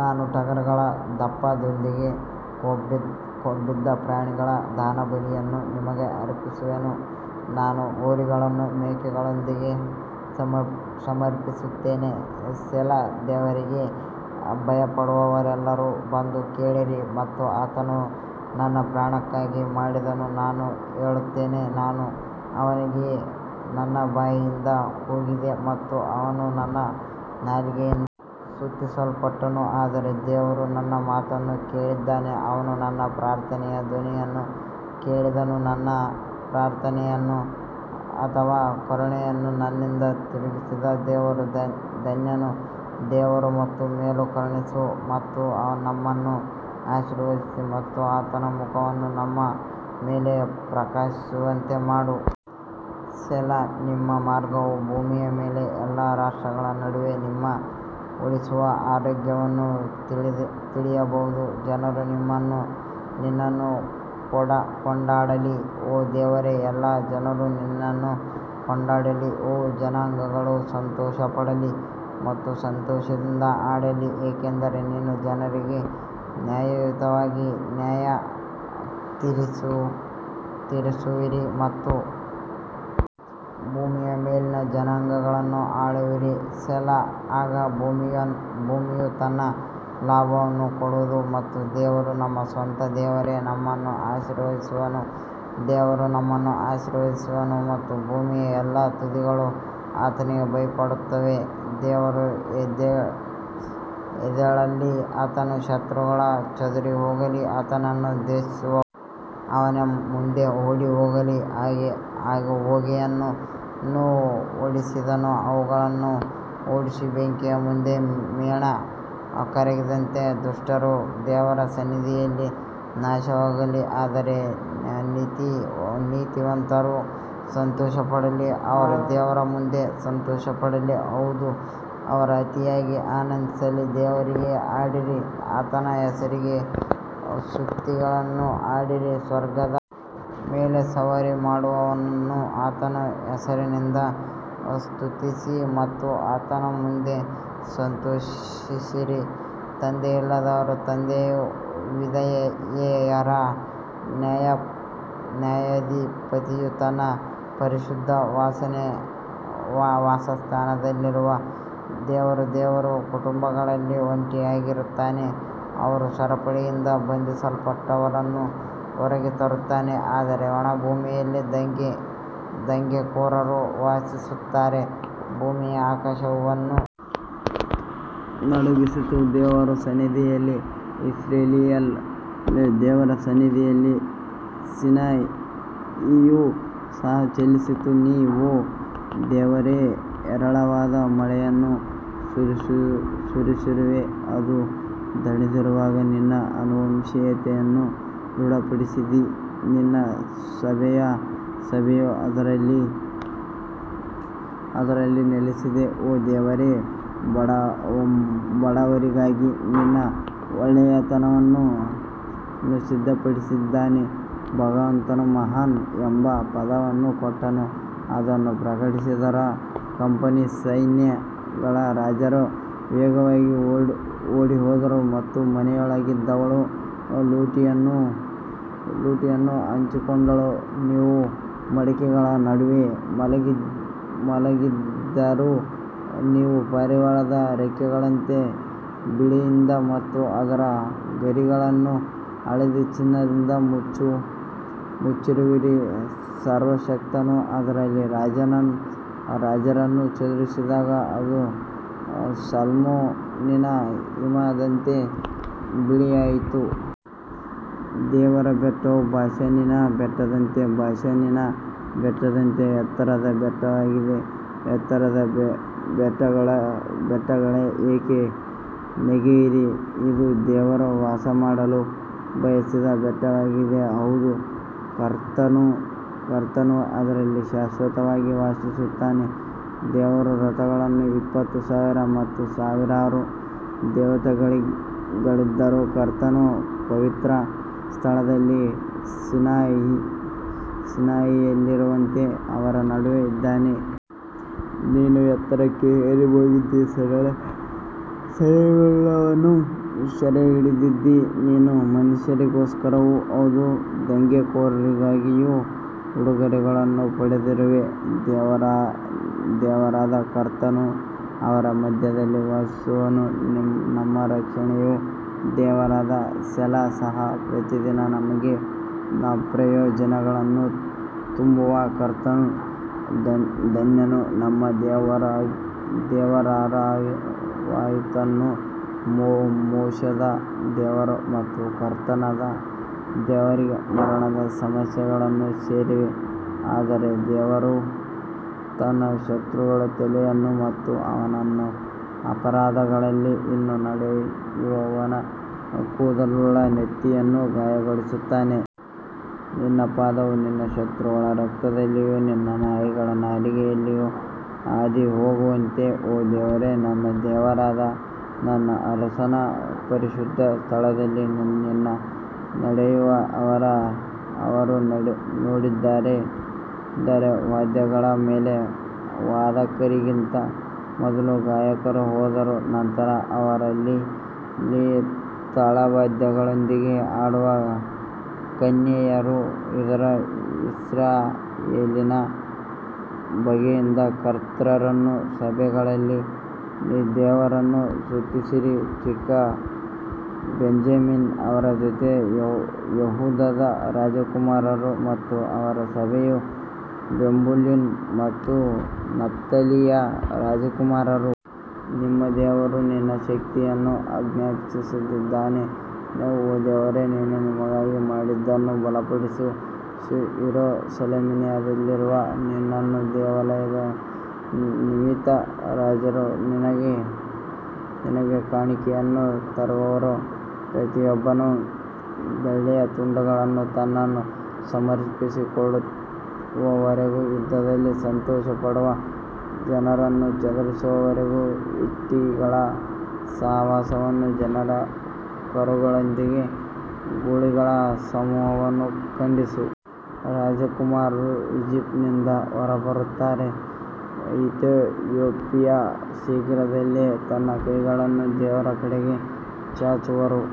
ನಾನು ಟಗರುಗಳ ಧೂಪದೊಂದಿಗೆ ಕೊಬ್ಬಿದ ಪ್ರಾಣಿಗಳ ದಹನಬಲಿಗಳನ್ನು ನಿನಗೆ ಅರ್ಪಿಸುವೆನು, ನಾನು ಹೋರಿಗಳನ್ನು ಮೇಕೆಗಳೊಂದಿಗೆ ಸಮರ್ಪಿಸುತ್ತೇನೆ ಸೆಲಾ ದೇವರಿಗೆ ಭಯಪಡುವವರೆಲ್ಲರೂ ಬಂದು ಕೇಳಿರಿ ಮತ್ತು ಆತನು ನನ್ನ ಪ್ರಾಣಕ್ಕಾಗಿ ಮಾಡಿದ್ದನ್ನು ನಾನು ಹೇಳುತ್ತೇನೆ ನಾನು ಅವನಿಗೆ ನನ್ನ ಬಾಯಿಯಿಂದ ಕೂಗಿದೆ ಮತ್ತು ಅವನು ನನ್ನ ನಾಲಿಗೆಯಿಂದ ಸ್ತುತಿಸಲ್ಪಟ್ಟನು ಆದರೆ ದೇವರು ನನ್ನ ಮಾತನ್ನು ಕೇಳಿದ್ದಾನೆ, ಅವನು ನನ್ನ ಪ್ರಾರ್ಥನೆಯ ಧ್ವನಿಯನ್ನು ಕೇಳಿದನು ನನ್ನ ಪ್ರಾರ್ಥನೆಯನ್ನು ಅಥವಾ ಕರುಣೆಯನ್ನು ನನ್ನಿಂದ ತಿರುಗಿಸದ ದೇವರು ಧನ್ಯನು ದೇವರು ನಮ್ಮ ಮೇಲೆ ಕರುಣಿಸು ಮತ್ತು ನಮ್ಮನ್ನು ಆಶೀರ್ವದಿಸಿ ಮತ್ತು ಆತನ ಮುಖವನ್ನು ನಮ್ಮ ಮೇಲೆ ಪ್ರಕಾಶಿಸುವಂತೆ ಮಾಡು ಸೆಲಾ ನಿಮ್ಮ ಮಾರ್ಗವು ಭೂಮಿಯ ಮೇಲೆ ಎಲ್ಲಾ ರಾಷ್ಟ್ರಗಳ ನಡುವೆ ನಿಮ್ಮ ಉಳಿಸುವ ಆರೋಗ್ಯವನ್ನು ತಿಳಿಯಬಹುದು ಜನರು ನಿನ್ನನ್ನು ಕೊಂಡಾಡಲಿ ಓ ದೇವರೇ ಎಲ್ಲಾ ಜನರು ನಿನ್ನನ್ನು ಕೊಂಡಾಡಲಿ ಓ ಜನಾಂಗಗಳು ಸಂತೋಷಪಡಲಿ ಮತ್ತು ಸಂತೋಷದಿಂದ ಹಾಡಲಿ, ಏಕೆಂದರೆ ನೀನು ಜನರಿಗೆ ನ್ಯಾಯಯುತವಾಗಿ ನ್ಯಾಯತೀರಿಸುವಿರಿ ಮತ್ತು ಭೂಮಿಯ ಮೇಲಿನ ಜನಾಂಗಗಳನ್ನು ಆಳುವಿರಿ ಸೆಲಾ ಆಗ ಭೂಮಿಯು ತನ್ನ ಲಾಭವನ್ನು ಕೊಡುವದು ಮತ್ತು ದೇವರು ನಮ್ಮ ಸ್ವಂತ ದೇವರೇ ನಮ್ಮನ್ನು ಆಶೀರ್ವದಿಸುವನು ದೇವರು ನಮ್ಮನ್ನು ಆಶೀರ್ವದಿಸುವನು ಮತ್ತು ಭೂಮಿಯ ಎಲ್ಲಾ ತುದಿಗಳು ಆತನಿಗೆ ಭಯಪಡುತ್ತವೆ ದೇವರು ಎದ್ದೇಳಲಿ, ಆತನ ಶತ್ರುಗಳು ಚದುರಿಹೋಗಲಿ, ಆತನನ್ನು ದ್ವೇಷಿಸುವವರು ಅವನ ಮುಂದೆ ಓಡಿಹೋಗಲಿ ಹೊಗೆಯನ್ನು ಓಡಿಸಿದಂತೆ ಅವುಗಳನ್ನು ಓಡಿಸಿ ಬೆಂಕಿಯ ಮುಂದೆ ಮೇಣ ಕರಗಿದಂತೆ ದುಷ್ಟರು ದೇವರ ಸನ್ನಿಧಿಯಲ್ಲಿ ನಾಶವಾಗಲಿ ಆದರೆ ನೀತಿವಂತರು ಸಂತೋಷಪಡಲಿ ಅವರು ದೇವರ ಮುಂದೆ ಸಂತೋಷಪಡಲಿ, ಹೌದು ಅವರು ಅತಿಯಾಗಿ ಆನಂದಿಸಲಿ ದೇವರಿಗೆ ಹಾಡಿರಿ, ಆತನ ಹೆಸರಿಗೆ ಸ್ತುತಿಗಳನ್ನು ಹಾಡಿರಿ, ಸ್ವರ್ಗದ ಮೇಲೆ ಸವಾರಿ ಮಾಡುವವನನ್ನು ಆತನ ಹೆಸರಿನಿಂದ ಸ್ತುತಿಸಿ ಮತ್ತು ಆತನ ಮುಂದೆ ಸಂತೋಷಿಸಿರಿ ತಂದೆಯಿಲ್ಲದವರ ತಂದೆಯೂ ವಿಧವೆಯರ ನ್ಯಾಯಾಧಿಪತಿಯೂ ತನ್ನ ಪರಿಶುದ್ಧ ವಾಸಸ್ಥಾನದಲ್ಲಿರುವ ದೇವರು ದೇವರು ಕುಟುಂಬಗಳಲ್ಲಿ ಒಂಟಿಯಾಗಿರುತ್ತಾನೆ, ಅವನು ಸರಪಳಿಯಿಂದ ಬಂಧಿಸಲ್ಪಟ್ಟವರನ್ನು ಹೊರಗೆ ತರುತ್ತಾನೆ ಆದರೆ ಒಣ ಭೂಮಿಯಲ್ಲಿ ದಂಗೆಕೋರರು ವಾಸಿಸುತ್ತಾರೆ ಭೂಮಿಯು ಆಕಾಶವನ್ನು ನಡುಗಿಸಿತು ದೇವರ ಸನ್ನಿಧಿಯಲ್ಲಿ ಇಸ್ರಾಯೇಲ್ ದೇವರ ಸನ್ನಿಧಿಯಲ್ಲಿ ಸೀನಾಯಿಯು ಸಹ ಚಲಿಸಿತು ನೀನು ಓ ದೇವರೇ ಹೇರಳವಾದ ಮಳೆಯನ್ನು ಸುರಿಸಿರುವೆ, ಅದು ದಣಿದಿರುವಾಗ ನಿನ್ನ ಆನುವಂಶಿಕತೆಯನ್ನು ದೃಢಪಡಿಸಿದಿ ನಿನ್ನ ಸಭೆಯು ಅದರಲ್ಲಿ ನೆಲೆಸಿದೆ, ಓ ದೇವರೇ, ಬಡವರಿಗಾಗಿ ನಿನ್ನ ಒಳ್ಳೆಯತನವನ್ನು ಸಿದ್ಧಪಡಿಸಿದ್ದಾನೆ ಭಗವಂತನು ಮಹಾನ್ ಎಂಬ ಪದವನ್ನು ಕೊಟ್ಟನು ಅದನ್ನು ಪ್ರಕಟಿಸಿದವರ ಕಂಪನಿ ಸೈನ್ಯಗಳ ರಾಜರು ವೇಗವಾಗಿ ಓಡಿಹೋದರು ಮತ್ತು ಮನೆಯಲ್ಲಿದ್ದವಳು ಲೂಟಿಯನ್ನು ಹಂಚಿಕೊಂಡಳು ನೀವು ಮಡಕೆಗಳ ನಡುವೆ ಮಲಗಿದ್ದರೂ ನೀವು ಪಾರಿವಾಳದ ರೆಕ್ಕೆಗಳಂತೆ ಬೆಳ್ಳಿಯಿಂದ ಮತ್ತು ಅದರ ಗರಿಗಳನ್ನು ಹಳದಿ ಚಿನ್ನದಿಂದ ಮುಚ್ಚಿರುವಿರಿ ಸರ್ವಶಕ್ತನು ಅದರಲ್ಲಿ ರಾಜರನ್ನು ಚದುರಿಸಿದಾಗ ಅದು ಸಲ್ಮೋನಿನ ಹಿಮದಂತೆ ಬಿಳಿಯಾಗಿತ್ತು. ದೇವರ ಬೆಟ್ಟವು ಬಾಷಾನಿನ ಬೆಟ್ಟದಂತೆ ಬಾಷಾನಿನ ಬೆಟ್ಟದಂತೆ ಎತ್ತರದ ಬೆಟ್ಟವಾಗಿದೆ ಎತ್ತರದ ಬೆಟ್ಟಗಳೇ ಏಕೆ ನೆಗೆಯಿರಿ ಇದು ದೇವರು ವಾಸಮಾಡಲು ಬಯಸಿದ ಬೆಟ್ಟವಾಗಿದೆ ಹೌದು ಕರ್ತನು ಅದರಲ್ಲಿ ಶಾಶ್ವತವಾಗಿ ವಾಸಿಸುತ್ತಾನೆ ದೇವರ ರಥಗಳು ಇಪ್ಪತ್ತು ಸಾವಿರ ಮತ್ತು ಸಾವಿರಾರು ದೇವತೆಗಳಿದ್ದರೂ ಕರ್ತನು ಪವಿತ್ರ ಸ್ಥಳದಲ್ಲಿ ಸೀನಾಯಿಯಲ್ಲಿರುವಂತೆ ಅವರ ನಡುವೆ ಇದ್ದಾನೆ. ನೀನು ಎತ್ತರಕ್ಕೆ ಏರಿ ಹೋಗಿದ್ದೀ, ಸೆರೆಯಾಳುಗಳನ್ನು ಸೆರೆಹಿಡಿದಿದ್ದೀ, ನೀನು ಮನುಷ್ಯರಿಗೋಸ್ಕರವೂ ಹೌದು, ದಂಗೆಕೋರರಿಗಾಗಿಯೂ ಉಡುಗೊರೆಗಳನ್ನು ಪಡೆದಿರುವೆ, ದೇವರಾದ ಕರ್ತನು ಅವರ ಮಧ್ಯದಲ್ಲಿ ವಾಸಿಸುವನು ನಮ್ಮ ರಕ್ಷಣೆಯ ದೇವರಾದ ಸೆಲಾ ಸಹ ಪ್ರತಿದಿನ ನಮಗೆ ಪ್ರಯೋಜನಗಳನ್ನು ತುಂಬುವ ಕರ್ತನು ಧನ್ಯನು ನಮ್ಮ ದೇವರಾಗಿರುವಾತನು ಮೋಕ್ಷದ ದೇವರು ಮತ್ತು ಕರ್ತನಾದ ದೇವರಿಗೆ ಮರಣದ ಸಮಸ್ಯೆಗಳು ಸೇರಿವೆ ಆದರೆ ದೇವರು ತನ್ನ ಶತ್ರುಗಳ ತಲೆಯನ್ನು ಮತ್ತು ಅವನ ಅಪರಾಧಗಳಲ್ಲಿ ಇನ್ನೂ ನಡೆಯುವವನ ಕೂದಲುಳ್ಳ ನೆತ್ತಿಯನ್ನು ಗಾಯಗೊಳಿಸುತ್ತಾನೆ. ನಿನ್ನ ಪಾದವು ನಿನ್ನ ಶತ್ರುಗಳ ರಕ್ತದಲ್ಲಿಯೂ ನಿನ್ನ ನಾಯಿಗಳ ನಾಲಿಗೆಯಲ್ಲಿಯೂ ಅದ್ದಿಹೋಗುವಂತೆ ಓ ದೇವರೇ, ನನ್ನ ದೇವರಾದ ನನ್ನ ಅರಸನ ಪರಿಶುದ್ಧ ಸ್ಥಳದಲ್ಲಿ ನಿನ್ನ ನಡೆಯನ್ನು ಅವರು ನೋಡಿದ್ದಾರೆ ವಾದ್ಯಗಳ ಮೇಲೆ ವಾದಕರಿಗಿಂತ ಮೊದಲು ಗಾಯಕರು ಹೋದರು, ನಂತರ ಅವರಲ್ಲಿ ತಾಳವಾದ್ಯಗಳೊಂದಿಗೆ ಆಡುವ ಕನ್ಯೆಯರು ಇದ್ದರು ಇಸ್ರಾಯೇಲಿನ ಬುಗ್ಗೆಯಿಂದ ಕರ್ತನನ್ನೂ ಸಭೆಗಳಲ್ಲಿ ದೇವರನ್ನು ಸ್ತುತಿಸಿರಿ ಚಿಕ್ಕ ಬೆಂಜಮಿನ್ ಅವರ ಜೊತೆ ಯೆಹೂದದ ರಾಜಕುಮಾರರು ಮತ್ತು ಅವರ ಸಭೆಯು ಜೆಬುಲೂನ್ ಮತ್ತು ನಫ್ತಾಲಿಯ ರಾಜಕುಮಾರರು. ನಿನ್ನ ದೇವರು ನಿನ್ನ ಶಕ್ತಿಯನ್ನು ಆಜ್ಞಾಪಿಸಿದ್ದಾನೆ ಓ ದೇವರೇ ನೀನು ನಮಗಾಗಿ ಮಾಡಿದ್ದನ್ನು ಬಲಪಡಿಸು ಯೆರೂಸಲೇಮಿನಲ್ಲಿರುವ ನಿನ್ನ ದೇವಾಲಯದ ನಿಮಿತ್ತ ರಾಜರು ನಿನಗೆ ಕಾಣಿಕೆಗಳನ್ನು ತರುವರು ಪ್ರತಿಯೊಬ್ಬನು ಬೆಳ್ಳಿಯ ತುಂಡುಗಳಿಂದ ತನ್ನನ್ನು ಸಮರ್ಪಿಸಿಕೊಳ್ಳುವವರೆಗೆ ಯುದ್ಧದಲ್ಲಿ ಸಂತೋಷಪಡುವ ಜನರನ್ನು ಚದುರಿಸುವವರೆಗೂ ಈಟಿಗಳ ಸಹವಾಸವನ್ನು ಜನರ ಕರುಗಳೊಂದಿಗೆ ಗೂಳಿಗಳ ಸಮೂಹವನ್ನು ಖಂಡಿಸು. ರಾಜಕುಮಾರರು ಈಜಿಪ್ಟ್ನಿಂದ ಹೊರಬರುತ್ತಾರೆ ಇಥಿಯೋಪಿಯಾ ಶೀಘ್ರದಲ್ಲೇ ತನ್ನ ಕೈಗಳನ್ನು ದೇವರ ಕಡೆಗೆ ಚಾಚುವರು.